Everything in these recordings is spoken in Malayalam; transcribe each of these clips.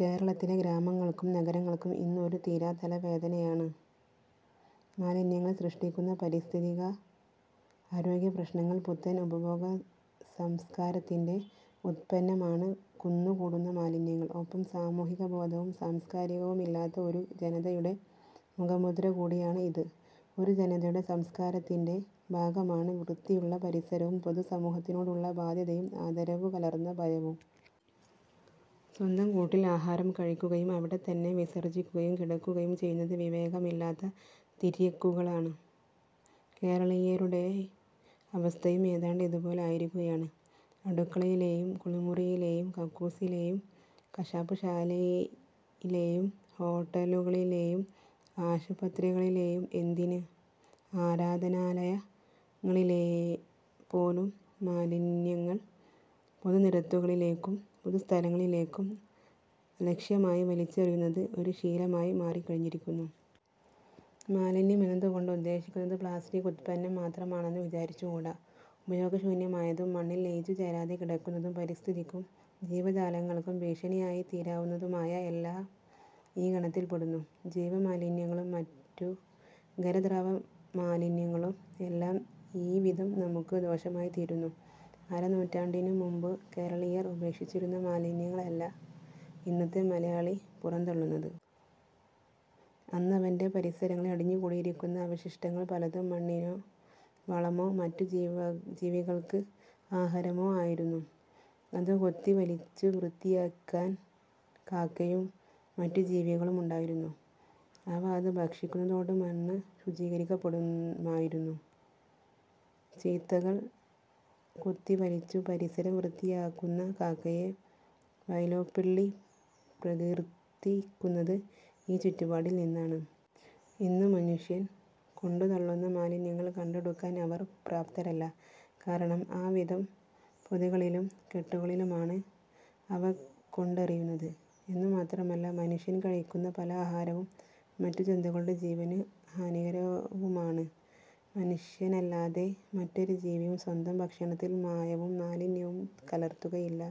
കേരളത്തിലെ ഗ്രാമങ്ങൾക്കും നഗരങ്ങൾക്കും ഇന്ന് ഒരു തീരാത്തല വേദനയാണ് മാലിന്യങ്ങൾ സൃഷ്ടിക്കുന്ന പാരിസ്ഥിതിക-ആരോഗ്യ പ്രശ്നങ്ങൾ. പുത്തൻ ഉപഭോഗസംസ്കാരത്തിന്റെ ഉത്പന്നമാണ് കുന്നു കൂടുന്ന മാലിന്യങ്ങൾ. ഒപ്പം സാമൂഹികബോധവും സംസ്കാരവുമി ല്ലാത്ത ഒരു ജനതയുടെ മുഖമുദ്രകൂടിയാണ് ഇത്. ഒരു ജനതയുടെ സംസ്കാരത്തിന്റെ ഭാഗമാണ് വൃത്തിയുള്ള പരിസരവും പൊതുസമൂ ഹത്തിനോടുള്ള ബാധ്യതയും ആദരവു കലർന്ന ഭയവും. സ്വന്തം കൂട്ടിൽ ആഹാരം കഴിക്കുകയും അവിടെത്തന്നെ വിസർജ്ജിക്കുകയും കിട ക്കുകയും ചെയ്യുന്നത് വിവേകമില്ലാത്ത തിര്യക്കുകളാണ്. കേരളീയ രുടെ അവസ്ഥയും ഏതാണ്ട് ഇതുപോലെ ആയിരിക്കുകയാണ്. അടു ക്കളയിലെയും കുളിമുറിയിലെയും കക്കൂസിലെയും കശാപ്പുശാലയി ലെയും ഹോട്ടലുകളിലെയും ആശുപത്രികളിലെയും എന്തിന് ആരാ ധനാലയ ങ്ങളിലെപ്പോലും മാലിന്യങ്ങൾ പൊതുനിരത്തുകളിലേക്കും പൊതുസ്ഥലങ്ങളിലേക്കും അലക്ഷ്യമായി വലിച്ചെറിയുന്നത് ഒരു ശീല മായി മാറിക്കഴിഞ്ഞിരിക്കുന്നു. മാലിന്യം എന്നതുകൊണ്ട് ഉദ്ദേശിക്കുന്നത് പ്ലാസ്റ്റിക് ഉത്പന്നം മാത്ര മാണെന്നു വിചാരിച്ചുകൂടാ. ഉപയോഗശൂന്യമായതും മണ്ണിൽ ലയിച്ചു ചേരാതെ കിടക്കുന്നതും പരിസ്ഥിതിക്കും ജീവജാലങ്ങൾക്കും ഭീഷ ണിയായിത്തീരാവുന്നതുമായ എല്ലാം ഈ ഗണത്തിൽപ്പെടുന്നു. ജൈവ മാലിന്യങ്ങളും മറ്റു ഖര-ദ്രവമാലിന്യങ്ങളും എല്ലാം ഈവിധം നമുക്കു ദോഷമായിത്തീരുന്നു. അരനൂറ്റാണ്ടിനുമുമ്പ് കേരളീയർ ഉപേക്ഷിച്ചിരുന്ന മാലിന്യങ്ങളല്ല ഇന്നത്തെ മലയാളി പുറന്തള്ളുന്നത്. അന്നവന്റെ പരിസരങ്ങളിൽ അടി ഞ്ഞുകൂടിയിരിക്കുന്ന അവശിഷ്ടങ്ങൾ പലതും മണ്ണിനു വളമോ മറ്റു ജീവികൾ ജീവികൾക്ക് ആഹാരമോ ആയിരുന്നു. അത് കൊത്തിവലിച്ചു വൃത്തിയാ ക്കാൻ കാക്കയും മറ്റു ജീവികളുമുണ്ടായിരുന്നു. അവ അത് ഭക്ഷി ക്കുന്നതോടെ മണ്ണ് ശുചീകരിക്കപ്പെടുമായിരുന്നു. ചീത്തകൾ കൊത്തി വലിച്ചു പരിസരം വൃത്തിയാക്കുന്ന കാക്കയെ വൈലോപ്പിള്ളി പ്രകീർത്തി ക്കുന്നത് ഈ ചുറ്റുപാടിൽനിന്നാണ്. ഇന്നു മനുഷ്യൻ കൊണ്ടുത്തള്ളുന്ന മാലിന്യങ്ങൾ കണ്ടെടുക്കാൻ അവർ പ്രാപ്തരല്ല. കാരണം ആവിധം പൊതികളിലും കെട്ടുകളിലുമാണ് അവ കൊണ്ടറിയുന്നത്. എന്നു മാത്രമല്ല, മനുഷ്യൻ കഴിക്കുന്ന പല ആഹാരവും മറ്റു ജന്തുക്കളുടെ ജീവന് ഹാനികരവുമാണ്. മനുഷ്യനല്ലാതെ മറ്റൊരു ജീവിയും സ്വന്തം ഭക്ഷണത്തിൽ മായവും മാലിന്യവും കലർത്തുകയില്ല.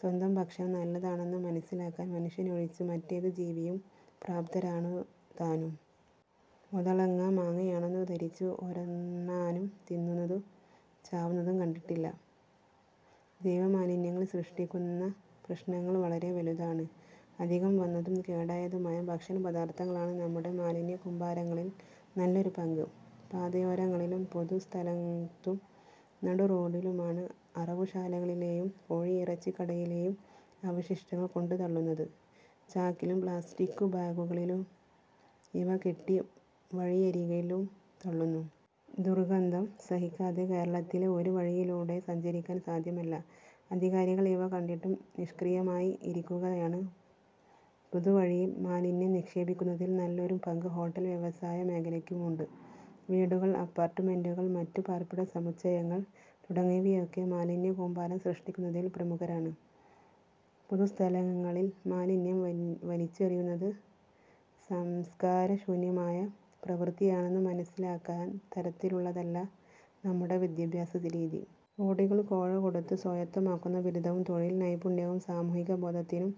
സ്വന്തം ഭക്ഷണം നല്ലതാണെന്നു മനസ്സിലാക്കാൻ മനുഷ്യനൊഴിച്ച് മറ്റേതു ജീവിയും പ്രാപ്തരാണുതാനും. ഒതളങ്ങ മാങ്ങയാണെന്നു ധരിച്ച് ഒരണ്ണാനും തിന്നുന്നതും ചാവുന്നതും കണ്ടിട്ടില്ല. ജൈവമാലിന്യങ്ങൾ സൃഷ്ടിക്കുന്ന പ്രശ്നങ്ങൾ വളരെ വലുതാണ്. അധികം വന്നതും കേടായതുമായ ഭക്ഷണപദാർത്ഥങ്ങളാണ് നമ്മുടെ മാലിന്യക്കൂമ്പാരങ്ങളിൽ നല്ലൊരു പങ്ക്. പാതയോരങ്ങളിലും പൊതു സ്ഥലത്തും നടുറോഡിലുമാണ് അറവുശാലകളിലെയും കോഴിയിറ ച്ചിക്കടയിലെയും അവശിഷ്ടങ്ങൾ കൊണ്ടുത്തള്ളുന്നത്. ചാക്കിലും പ്ലാസ്റ്റിക്കു ബാഗുകളിലും ഇവ കെട്ടി വഴിയരികിലും തള്ളുന്നു. ദുർ ഗന്ധം സഹിക്കാതെ കേരളത്തിലെ ഒരു വഴിയിലൂടെ സഞ്ചരിക്കാൻ സാധ്യമല്ല. അധികാരികൾ ഇവ കണ്ടിട്ടും നിഷ്ക്രിയമായി ഇരിക്കുക യാണ്. പൊതുവഴിയിൽ മാലിന്യം നിക്ഷേപിക്കുന്നതിൽ നല്ലൊരു പങ്ക് ഹോട്ടൽ വ്യവസായ മേഖലയ്ക്കുമുണ്ട്. വീടുകൾ, അപ്പാർട്ടുമെന്റുകൾ, മറ്റു പാർപ്പിട സമുച്ചയങ്ങൾ തുടങ്ങിയവയൊക്കെ മാലിന്യക്കൂമ്പാരം സൃഷ്ടിക്കുന്നതിൽ പ്രമുഖരാണ്. പൊതുസ്ഥലങ്ങളിൽ മാലിന്യം വലി ച്ചെറിയുന്നത് സംസ്കാരശൂന്യമായ പ്രവൃത്തിയാണെന്നു മനസ്സിലാ ക്കാൻതരത്തിലുള്ളതല്ല നമ്മുടെ വിദ്യാഭ്യാസരീതി. കോടികൾ കോഴ കൊടുത്തു സ്വായത്തമാക്കുന്ന ബിരുദവും തൊഴിൽനൈപുണ്യവും സാമൂഹികബോധത്തിനും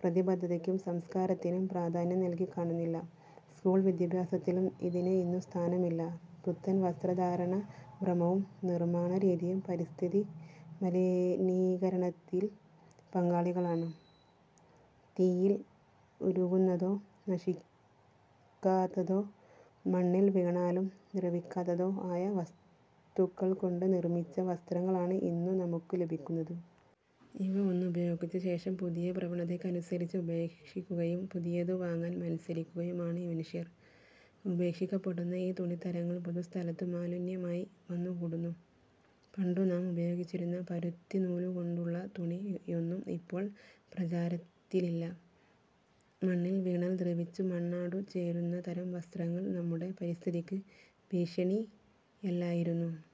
പ്രതിബദ്ധതയ്ക്കും സംസ്കാരത്തിനും പ്രാധാന്യം നല്കി കാണുന്നില്ല. സ്കൂൾ വിദ്യാഭ്യാസത്തിലും ഇതിന് ഇന്നു സ്ഥാനമില്ല. പുത്തൻ വസ്ത്രധാരണഭ്രമവും നിർമ്മാണരീതിയും പരിസ്ഥിതിമ ലീനീകരണത്തിൽ പങ്കാളികളാണ്. തീയിൽ ഉരുകുന്നതോ നശിക്കാ ത്തതോ മണ്ണിൽ വീണാലും ദ്രവിക്കാത്തതോ ആയ വസ്തുക്കൾക്കൊണ്ട് നിർമ്മിച്ച വസ്ത്രങ്ങളാണ് ഇന്നു നമുക്കു ലഭിക്കുന്നത്. ഇവ ഒന്നുപ യോഗിച്ചശേഷം പുതിയ പ്രവണതയ്ക്കനുസരിച്ച് ഉപേക്ഷിക്കുകയും പുതിയതു വാങ്ങാൻ മത്സരിക്കുകയുമാണ് മനുഷ്യർ. ഉപേക്ഷിക്കപ്പെ ടുന്ന ഈ തുണിത്തരങ്ങൾ പൊതുസ്ഥലത്തു മാലിന്യമായി വന്നുകൂ ടുന്നു. പണ്ടു നാം ഉപയോഗിച്ചിരുന്ന പരുത്തിനൂലുകൊണ്ടുള്ള തുണി യൊന്നും ഇപ്പോൾ പ്രചാരത്തിലില്ല. മണ്ണിൽ വീണാൽ ദ്രവിച്ചു മണ്ണാടു ചേരുന്നതരം വസ്ത്രങ്ങൾ നമ്മുടെ പരിസ്ഥിതിക്ക് ഭീഷണിയല്ലായി രുന്നു.